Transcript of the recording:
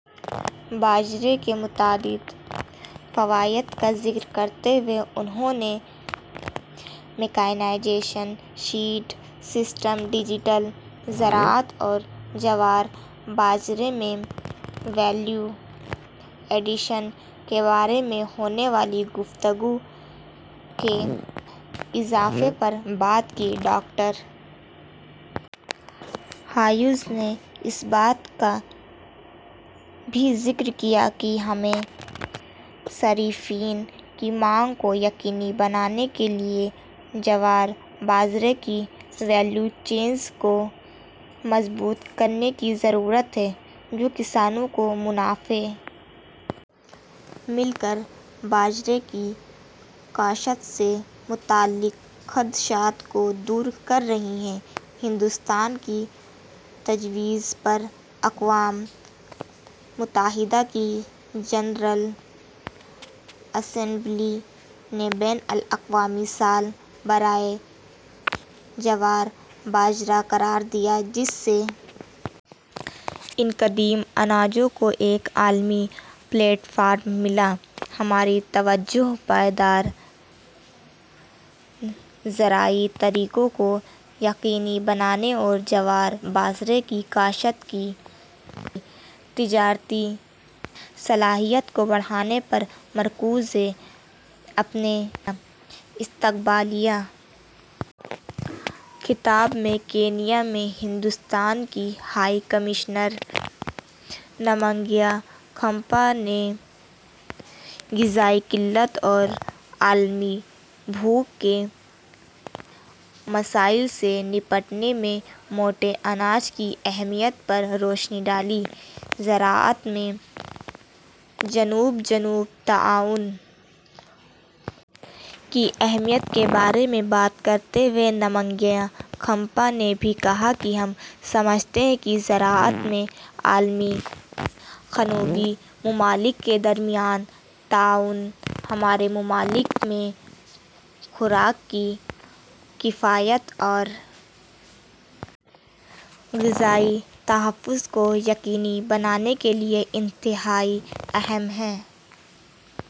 باجرے کے متعدد فوائد کا ذکر کرتے ہوئے انہوں نے میکانائزیشن سیڈ سسٹم ڈیجیٹل زراعت اور جوار باجرے میں ویلیو ایڈیشن کے بارے میں ہونے والی گفتگو کے اضافے پر بات کی ڈاکٹر ہیوز نے اس بات کا بھی ذکر کیا کہ ہمیں صارفین کی مانگ کو یقینی بنانے کے لیے جوار باجرے کی ویلیو چینز کو مضبوط کرنے کی ضرورت ہے جو کسانوں کو منافع مل کر باجرے کی کاشت سے متعلق خدشات کو دور کر رہی ہے ہندوستان کی تجویز پر اقوام متحدہ کی جنرل اسمبلی نے بین الاقوامی سال برائے جوار باجرہ قرار دیا جس سے ان قدیم اناجوں کو ایک عالمی پلیٹ فارم ملا ہے ہماری توجہ پائیدار زرعی طریقوں کو یقینی بنانے اور جوار باجرے کی کاشت کی تجارتی صلاحیت کو بڑھانے پر مرکوز ہے اپنے استقبالیہ خطاب میں کینیا میں ہندوستان کی ہائی کمشنر نمگیا کھمپا نے غذائی قلت اور عالمی بھوک کے مسائل سے نمٹنے میں موٹے اناج کی اہمیت پر روشنی ڈالی زراعت میں جنوب جنوب تعاون کی اہمیت کے بارے میں بات کرتے ہوئے نمگیا کھمپا نے بھی کہا کہ ہم سمجھتے ہیں کہ زراعت میں عالمی جنوبی ممالک کے درمیان تعاون ہمارے ممالک میں خوراک کی کفایت اور غذائی تحفظ کو یقینی بنانے کے لیے انتہائی اہم ہے